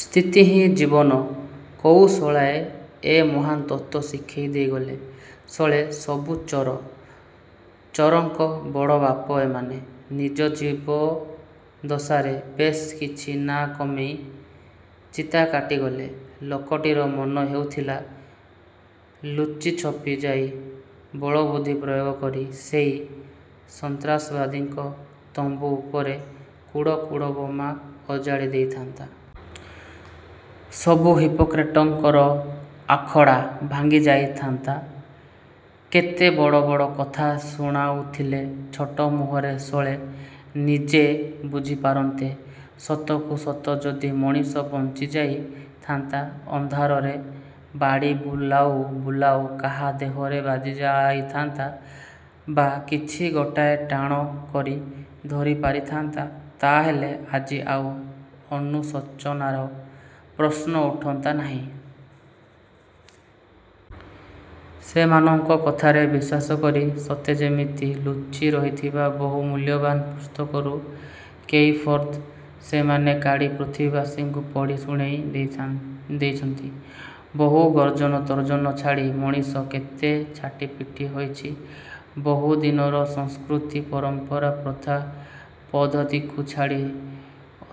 ସ୍ଥିତିହିଁ ଜୀବନ। କୋଉ ଶଳାଏ ଏ ମହାନ୍ ତତ୍ତ୍ୱ ଶିଖେଇ ଦେଇଗଲେ! ଶଳେ ସବୁ ଚୋର। ଚୋରଙ୍କ ବଡ଼ବାପ ଏମାନେ-। ନିଜ ଜୀବଦଶାରେ ବେଶ୍ କିଛି ନାଁ କମେଇ ଚିତାକାଟି ଗଲେ। ଲୋକଟିର ମନ ହେଉଥିଲା ଲୁଚିଛପି ଯାଇ ବଳବୁଦ୍ଧି ପ୍ରୟୋଗ କରି ସେଇ ସନ୍ତ୍ରାସବାଦୀଙ୍କ ତମ୍ୱୁ ଉପରେ କୁଢ଼ କୁଢ଼ ବୋମା ଅଜାଡ଼ି ଦେଇଥାଆନ୍ତା। ସବୁ ହିପୋକ୍ରେଟଙ୍କର ଆଖଡ଼ା ଭାଙ୍ଗିଯାଆନ୍ତା। କେତେ ବଡ଼ ବଡ଼ କଥା ଶୁଣାଉଥିଲେ ଛୋଟ ମୁହଁରେ, ଶଳେ ନିଜେ ବୁଝିପାରନ୍ତେ। ସତକୁ ସତ ଯଦି ମଣିଷ ବଞ୍ଚିଯାଇ ଥାଆନ୍ତା, ଅନ୍ଧାରରେ ବାଡ଼ି ବୁଲାଉ ବୁଲାଉ କାହା ଦେହରେ ବାଜି ଯାଇଥାନ୍ତା ବା କିଛି ଗୋଟାଏ ଟାଣ କରି ଧରିପାରିଥାନ୍ତା ତା'ହେଲେ ଆଜି ଆଉ ଅନୁଶୋଚନାର ପ୍ରଶ୍ନ ଉଠନ୍ତା ନାହିଁ। ସେମାନଙ୍କ କଥାରେ ବିଶ୍ୱାସ କରି, ସତେ ଯେମିତି ଲୁଚି ରହିଥିବା ବହୁ ମୂଲ୍ୟବାନ ପୁସ୍ତକରୁ କେଇ ଫର୍ଦ୍ଦ ସେମାନେ କାଢ଼ି ପୃଥିବୀବାସୀଙ୍କୁ ପଢ଼ି ଶୁଣେଇ ଦେଇଛନ୍ତି। ବହୁ ଗର୍ଜନତର୍ଜନ ଛାଡ଼ି ମଣିଷ କେତେ ଛାଟିପିଟି ହୋଇଚି। ବହୁଦିନର ସଂସ୍କୃତି, ପରମ୍ପରା, ପ୍ରଥା ପଦ୍ଧତିକୁ ଛାଡ଼ି,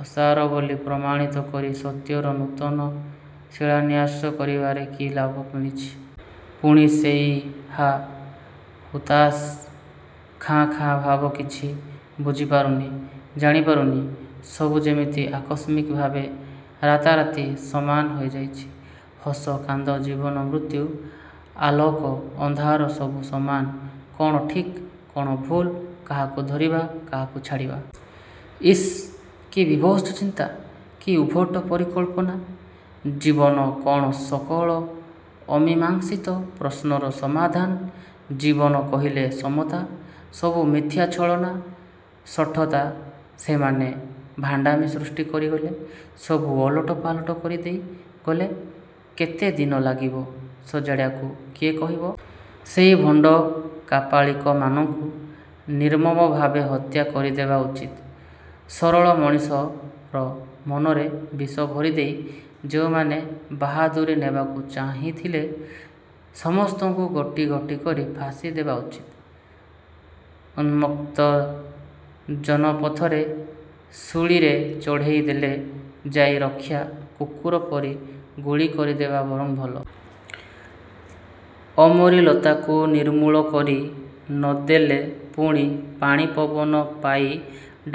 ଅସାରବୋଲି ପ୍ରମାଣିତ କରି ସତ୍ୟର ନୂତନ ଶିଳାନ୍ୟାସ କରିବାରେ କି ଲାଭ ମିଳିଛି? ପୁଣି ସେଇ ହା ହୁତାଶ, ଖାଁ ଖାଁ ଭାବ। କିଛି ବୁଝିପାରୁନି। ଜାଣିପାରୁନି। ସବୁ ଯେମିତି ଆକସ୍ମିକ ଭାବେ ରାତାରାତି ସମାନ ହୋଇଯାଇଚି। ହସ କାନ୍ଦ, ଜୀବନ ମୃତ୍ୟୁ, ଆଲୋକ ଅନ୍ଧାର ସବୁ ସମାନ। କ'ଣ ଠିକ୍? କ'ଣ ଭୁଲ? କାହାକୁ ଧରିବା? କାହାକୁ ଛାଡ଼ିବା? ଇସ୍, କି ବୀଭତ୍ସ ଚିନ୍ତା! କି ଉଦ୍ଭଟ ପରିକଳ୍ପନା!! ଜୀବନ କ'ଣ ସକଳ ଅମୀମାଂସିତ ପ୍ରଶ୍ନର ସମାଧାନ? ଜୀବନ କହିଲେ ସମତା? ସବୁ ମିଥ୍ୟା, ଛଳନା, ଶଠତା। ସେମାନେ ଭାଣ୍ଡାମି ସୃଷ୍ଟି କରିଗଲେ। ସବୁ ଓଲଟ ପାଲଟ କରିଦେଇ ଗଲେ। କେତେ ଦିନ ଲାଗିବ ସଜାଡ଼ିବାକୁ କିଏ କହିବ! ସେଇ ଭଣ୍ଡ କାପାଳିକମାନଙ୍କୁ ନିର୍ମମଭାବେ ହତ୍ୟା କରିଦେବା ଉଚିତ। ସରଳ ମଣିଷର ମନରେ ବିଷ ଭରିଦେଇ ଯେଉଁମାନେ ବାହାଦୁରି ନେବାକୁ ଚାହିଁଥିଲେ ସମସ୍ତଙ୍କୁ ଗୋଟି ଗୋଟି କରି ଫାଶୀ ଦବା ଉଚିତ। ଉନ୍ମୁକ୍ତ ଜନପଥରେ ଶୂଳୀରେ ଚଢ଼େଇ ଦେଲେ ଯାଇ ରକ୍ଷା। କୁକୁର ପରି ଗୁଳି କରିଦେବା ବରଂ ଭଲ। ଅମରୀ ଲତାକୁ ନିର୍ମୂଳ କରି ନଦେଲେ ପୁଣି ପାଣିପବନ ପାଇ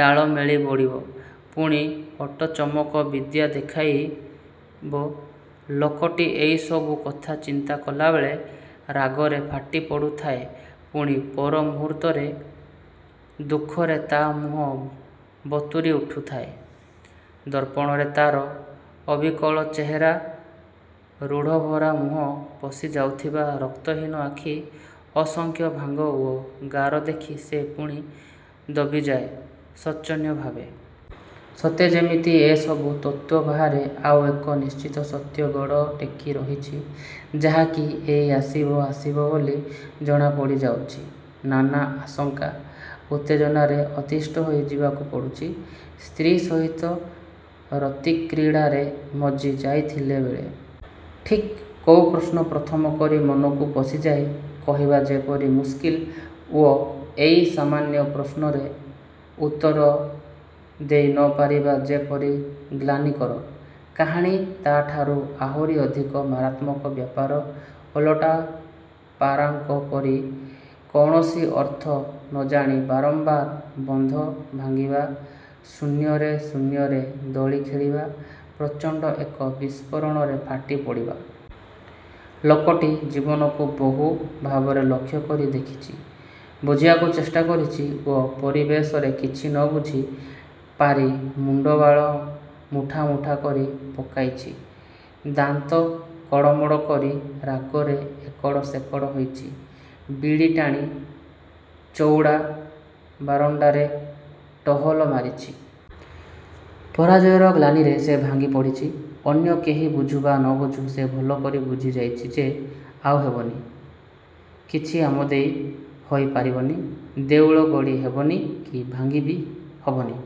ଡାଳ ମେଲି ବଢ଼ିବ। ପୁଣି ହଟଚମକ ବିଦ୍ୟା ଦେଖାଇବ। ଲୋକଟି ଏଇସବୁ କଥା ଚିନ୍ତା କଲାବେଳେ ରାଗରେ ଫାଟିପଡ଼ୁଥାଏ। ପୁଣି ପର ମୁହୂର୍ତ୍ତରେ ଦୁଃଖରେ ତା' ମୁହଁ ବତୁରି ଉଠୁଥାଏ। ଦର୍ପଣରେ ତା'ର ଅବିକଳ ଚେହେରା, ରୁଢ଼ଭରା ମୁହଁ, ପଶି ଯାଇଥିବା ରକ୍ତହୀନ ଆଖି, ଅସଂଖ୍ୟ ଭାଙ୍ଗ ଓ ଗାର ଦେଖି ସେ ପୁଣି ଦବିଯାଏ ଶୋଚନୀୟଭାବେ। ସତେ ଯେମିତି ଏ ସବୁ ତତ୍ତ୍ୱ ବାହାରେ ଆଉ ଏକ ନିଶ୍ଚିତ ସତ୍ୟ ଗୋଡ଼ ଟେକି ରହିଚି ଯାହା କି ଏଇ ଆସିବ ଆସିବ ବୋଲି ଜଣାପଡ଼ି ଯାଉଚି। ନାନା ଆଶଙ୍କା, ଉତ୍ତେଜନାରେ ଅତିଷ୍ଠ ହୋଇ ଯିବାକୁ ପଡ଼ୁଚି। ସ୍ତ୍ରୀ ସହିତ ରତିକ୍ରୀଡ଼ାରେ ମଜ୍ଜି ଯାଇଥିଲାବେଳେ ଠିକ୍ କୋଉ ପ୍ରଶ୍ନ ପ୍ରଥମ କରି ମନକୁ ପଶିଯାଏ କହିବା ଯେପରି ମୁସ୍କିଲ ଓ ଏଇ ସାମାନ୍ୟ ପ୍ରଶ୍ନରେ ଉତ୍ତର ଦେଇ ନ ପାରିବା ଯେପରି ଗ୍ଳାନିକର କାହାଣୀ–ତା'ଠାରୁ ଆହୁରି ଅଧିକ ମାରାତ୍ମକ ବ୍ୟାପାର ଓଲଟପାରାଙ୍କ ପରି କୌଣସି ଅର୍ଥ ନଜାଣି ବାରମ୍ୱାର ବନ୍ଧ ଭାଙ୍ଗିବା ଶୂନ୍ୟରେ ଶୂନ୍ୟରେ ଦୋଳି ଖେଳିବା, ପ୍ରଚଣ୍ଡ ଏକ ବିସ୍ଫୋରଣରେ ଫାଟି ପଡ଼ିବା। ଲୋକଟି ଜୀବନକୁ ବହୁ ଭାବରେ ଲକ୍ଷ୍ୟ କରି ଦେଖିଚି। ବୁଝିବାକୁ ଚେଷ୍ଟା କରିଚି ଓ ପରିଶେଷରେ କିଛି ନବୁଝି ପାରି ମୁଣ୍ଡବାଳ ମୁଠା ମୁଠା କରି ପକାଇଚି। ଦାନ୍ତ କଡ଼ମଡ଼ କରି ରାଗରେ ଏକଡ଼ ସେକଡ଼ ହୋଇଚି। ବିଡ଼ି ଟାଣି ଚଉଡ଼ା ବାରଣ୍ଡାରେ ଟହଲ ମାରିଚି। ପରାଜୟର ଗ୍ଳାନିରେ ସେ ଭାଙ୍ଗି ପଡ଼ିଚି। ଅନ୍ୟ କେହି ବୁଝୁ ବା ନବୁଝୁ ସେ ଭଲକରି ବୁଝିଯାଇଚି ଯେ ଆଉ ହବନି। କିଛି ଆମଦେଇ ହୋଇ ପାରିବନି। ଦେଉଳ ଗଢ଼ି ହେବନି କି ଭାଙ୍ଘି ବି ହବନି।